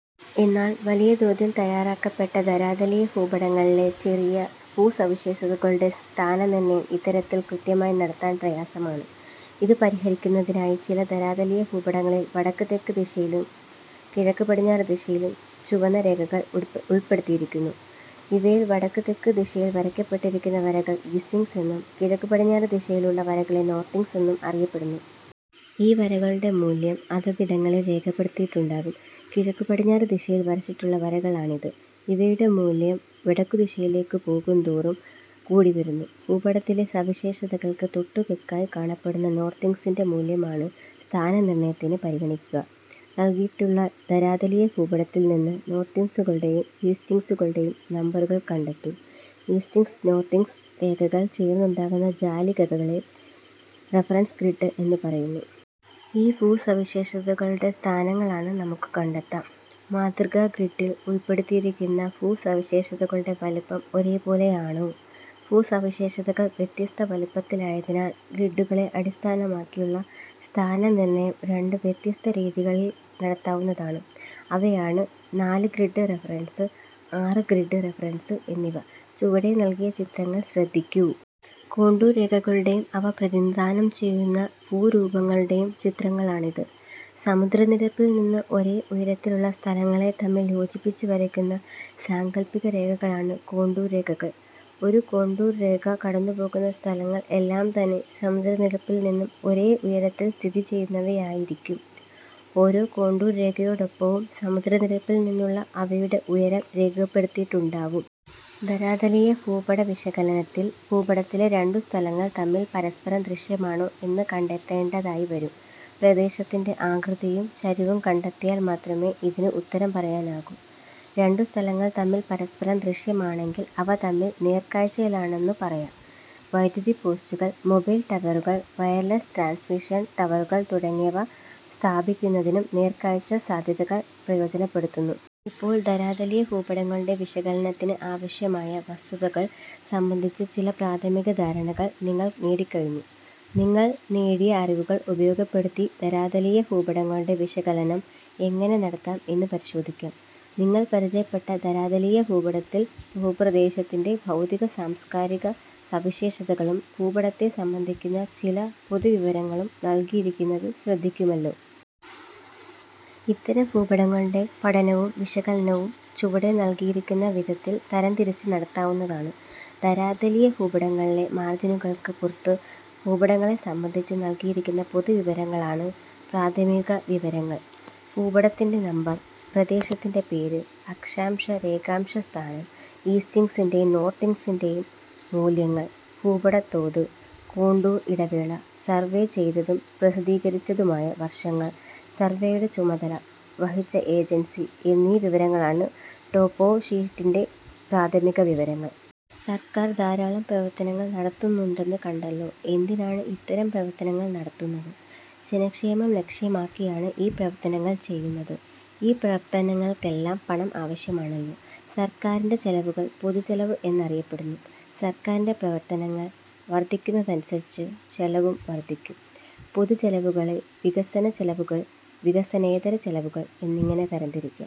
എന്നാൽ വലിയതോതിൽ തയാറാക്കപ്പെട്ട ധരാതലീയ ഭൂപടങ്ങളിലെ ചെറിയ ഭൂസവിശേഷതകളുടെ സ്ഥാനനിർണയം ഇത്തരത്തിൽ കൃത്യമായി നടത്താൻ പ്രയാസമാണ്. ഇത് പരിഹരിക്കുന്നതിനായി ചില ധരാതലീയ ഭൂപടങ്ങളിൽ വടക്ക്-തെക്ക് ദിശയിലും കിഴക്ക് പടിഞ്ഞാറ് ദിശയിലും ചുവന്ന രേഖകൾ ഉൾപ്പെടുത്തിയിരിക്കുന്നു. ഇവയിൽ വടക്ക്-തെക്ക് ദിശയിൽ വരയ്ക്കപ്പെട്ടിരിക്കുന്ന വരകൾ ഈസ്റ്റിങ്സ് എന്നും കിഴക്ക്-പടിഞ്ഞാറ് ദിശയിലുള്ള വരകളെ നോർത്തിങ്സ് എന്നും അറിയപ്പെടുന്നു. ഈ വരകളുടെ മൂല്യം അതതിടങ്ങളിൽ രേഖപ്പെടുത്തിയിട്ടുണ്ടാകും. കിഴക്കുപടിഞ്ഞാറ് ദിശയിൽ വരച്ചിട്ടുള്ള വരകളാണിത്. ഇവയുടെ മൂല്യം വടക്കുദിശയിലേക്കു പോകും തോറും കൂടിവരുന്നു. ഭൂപടത്തിലെ സവിശേഷതകൾക്ക് തൊട്ടു തെക്കായി കാണപ്പെടുന്ന നോർത്തിങ്സിന്റെ മൂല്യമാണ് സ്ഥാനനിർണയത്തിന് പരിഗണിക്കുക. നൽകിയിട്ടുള്ള ധരാതലീയ ഭൂപടത്തിൽ നിന്ന് നോർത്തിങ്സുകളുടെയും ഈസ്റ്റിങ്സുകളുടെയും നമ്പറുകൾ കണ്ടെത്തൂ. ഈസ്റ്റിങ്സ് നോർത്തിങ്സ് രേഖകൾ ചേർന്നുണ്ടാകുന്ന ജാലികകളെ റഫറൻസ് ഗ്രിഡ് എന്നു പറയുന്നു. ഈ ഭൂസവിശേഷതകളുടെ സ്ഥാനങ്ങളാണ് നമുക്ക് കണ്ടെത്താം. മാതൃകാ ഗ്രിഡിൽ ഉൾപ്പെടുത്തിയിരിക്കുന്ന ഭൂസവിശേഷതകളുടെ വലുപ്പം ഒരേപോലെയാണോ? ഭൂസവിശേഷതകൾ വ്യത്യസ്ത വലുപ്പത്തിലായതി നാൽ ഗ്രിഡുകളെ അടിസ്ഥാനമാക്കിയുള്ള സ്ഥാനനിർണയം രണ്ട് വ്യത്യസ്ത രീതികളിൽ നടത്താവുന്നതാണ്. അവയാണ് നാല് ഗ്രിഡ് റഫറൻസ്, ആറ് ഗ്രിഡ് റഫറൻസ് എന്നിവ. ചുവടെ നൽകിയ ചിത്രങ്ങൾ ശ്രദ്ധിക്കൂ. കോണ്ടൂർ രേഖകളുടെയും അവ പ്രതിനിധാനം ചെയ്യുന്ന ഭൂരൂപങ്ങളുടെയും ചിത്രങ്ങളാണിത്. സമുദ്രനിരപ്പിൽനിന്ന് ഒരേ ഉയരത്തിലുള്ള സ്ഥലങ്ങളെ തമ്മിൽ യോജിപ്പിച്ചുവരയ്ക്കുന്ന സാങ്കൽപ്പികരേഖകളാണ് കോണ്ടൂർ രേഖകൾ. ഒരു കോണ്ടൂർരേഖ കടന്നുപോകുന്ന സ്ഥലങ്ങൾ എല്ലാം തന്നെ സമുദ്രനിരപ്പിൽ നിന്നും ഒരേ ഉയരത്തിൽ സ്ഥിതി ചെയ്യുന്നവയായിരിക്കും. ഓരോ കോണ്ടൂർ രേഖയോടൊപ്പവും സമുദ്ര നിരപ്പിൽനിന്നുള്ള അവയുടെ ഉയരം രേഖപ്പെടുത്തിയിട്ടുണ്ടാവും. ധരാതലീയ ഭൂപടവിശകലനത്തിൽ ഭൂപടത്തിലെ രണ്ടു സ്ഥലങ്ങൾ തമ്മിൽ പരസ്പരം ദൃശ്യമാണോ എന്നു കണ്ടെത്തേണ്ടതായി വരും. പ്രദേശത്തിന്റെ ആകൃതിയും ചരിവും കണ്ടെത്തിയാൽ മാത്രമേ ഇതിന് ഉത്തരം പറയാനാകൂ. രണ്ടു സ്ഥലങ്ങൾ തമ്മിൽ പരസ്പരം ദൃശ്യമാണെങ്കിൽ അവ തമ്മിൽ നേർക്കാഴ്ചയിലാണെന്നു പറയാം. വൈദ്യുതി പോസ്റ്റുകൾ, മൊബൈൽ ടവറുകൾ, വയർലെസ് ട്രാൻസ്മിഷൻ ടവറുകൾ തുടങ്ങിയവ സ്ഥാപിക്കുന്നതിനും നേർക്കാഴ്ചാസാധ്യതകൾ പ്രയോജനപ്പെടുത്തുന്നു. ഇപ്പോൾ ധരാതലീയ ഭൂപടങ്ങളുടെ വിശകലനത്തിന് ആവശ്യമായ വസ്തുതകൾ സംബന്ധിച്ച് ചില പ്രാഥമിക ധാരണകൾ നിങ്ങൾ നേടിക്കഴിഞ്ഞു. നിങ്ങൾ നേടിയ അറിവുകൾ ഉപയോഗപ്പെടുത്തി ധരാതലീയ ഭൂപടങ്ങളുടെ വിശകലനം എങ്ങനെ നടത്താം എന്ന് പരിശോധിക്കാം. നിങ്ങൾ പരിചയപ്പെട്ട ധരാതലീയ ഭൂപടത്തിൽ ഭൂപ്രദേശത്തിന്റെ ഭൗതിക-സാംസ്കാരിക സവിശേഷതകളും ഭൂപടത്തെ സംബന്ധിക്കുന്ന ചില പൊതുവിവരങ്ങളും നൽകിയിരിക്കുന്നത് ശ്രദ്ധിക്കുമല്ലോ. ഇത്തരം ഭൂപടങ്ങളുടെ പഠനവും വിശകലനവും ചുവടെ നൽകിയിരിക്കുന്ന വിധത്തിൽ തരംതിരിച്ച് നടത്താവുന്നതാണ്. ധരാതലീയ ഭൂപടങ്ങളിലെ മാർജിനുകൾക്കു പുറത്ത് ഭൂപടങ്ങളെ സംബന്ധിച്ച് നൽകിയിരിക്കുന്ന പൊതുവിവരങ്ങളാണ് പ്രാഥമികവിവരങ്ങൾ. ഭൂപടത്തിന്റെ നമ്പർ, പ്രദേശത്തിന്റെ പേര്, അക്ഷാംശ രേഖാംശസ്ഥാനം, ഈസ്റ്റിങ്സിന്റെയും നോർത്തിങ്സിന്റെയും മൂല്യങ്ങൾ, ഭൂപടതോത്, കോണ്ടൂർ ഇടവേള, സർവേ ചെയ്തതും പ്രസിദ്ധീകരിച്ചതുമായ വർഷങ്ങൾ, സർവേയുടെ ചുമതല വഹിച്ച ഏജൻസി എന്നീ വിവരങ്ങളാണ് ടോപ്പോഷീറ്റിന്റെ പ്രാഥമികവിവരങ്ങൾ. സർക്കാർ ധാരാളം പ്രവർത്തനങ്ങൾ നടത്തുന്നുണ്ടെന്നു കണ്ടല്ലോ. എന്തിനാണ് ഇത്തരം പ്രവർത്തനങ്ങൾ നടത്തുന്നത്? ജനക്ഷേമം ലക്ഷ്യമാക്കിയാണ് ഈ പ്രവർത്തനങ്ങൾ ചെയ്യുന്നത്. ഈ പ്രവർത്തനങ്ങൾക്കെല്ലാം പണം ആവശ്യമാണല്ലോ. സർക്കാരിന്റെ ചെലവുകൾ പൊതുചെലവ് എന്ന് അറിയപ്പെടുന്നു. സർക്കാരിന്റെ പ്രവർത്തനങ്ങൾ വർധിക്കുന്നതനുസരിച്ച് ചെലവും വർധിക്കും. പൊതുചെലവുകളെ വികസനച്ചെലവുകൾ, വികസനേതര ചെലവുകൾ എന്നിങ്ങനെ തരം തിരിക്കാം.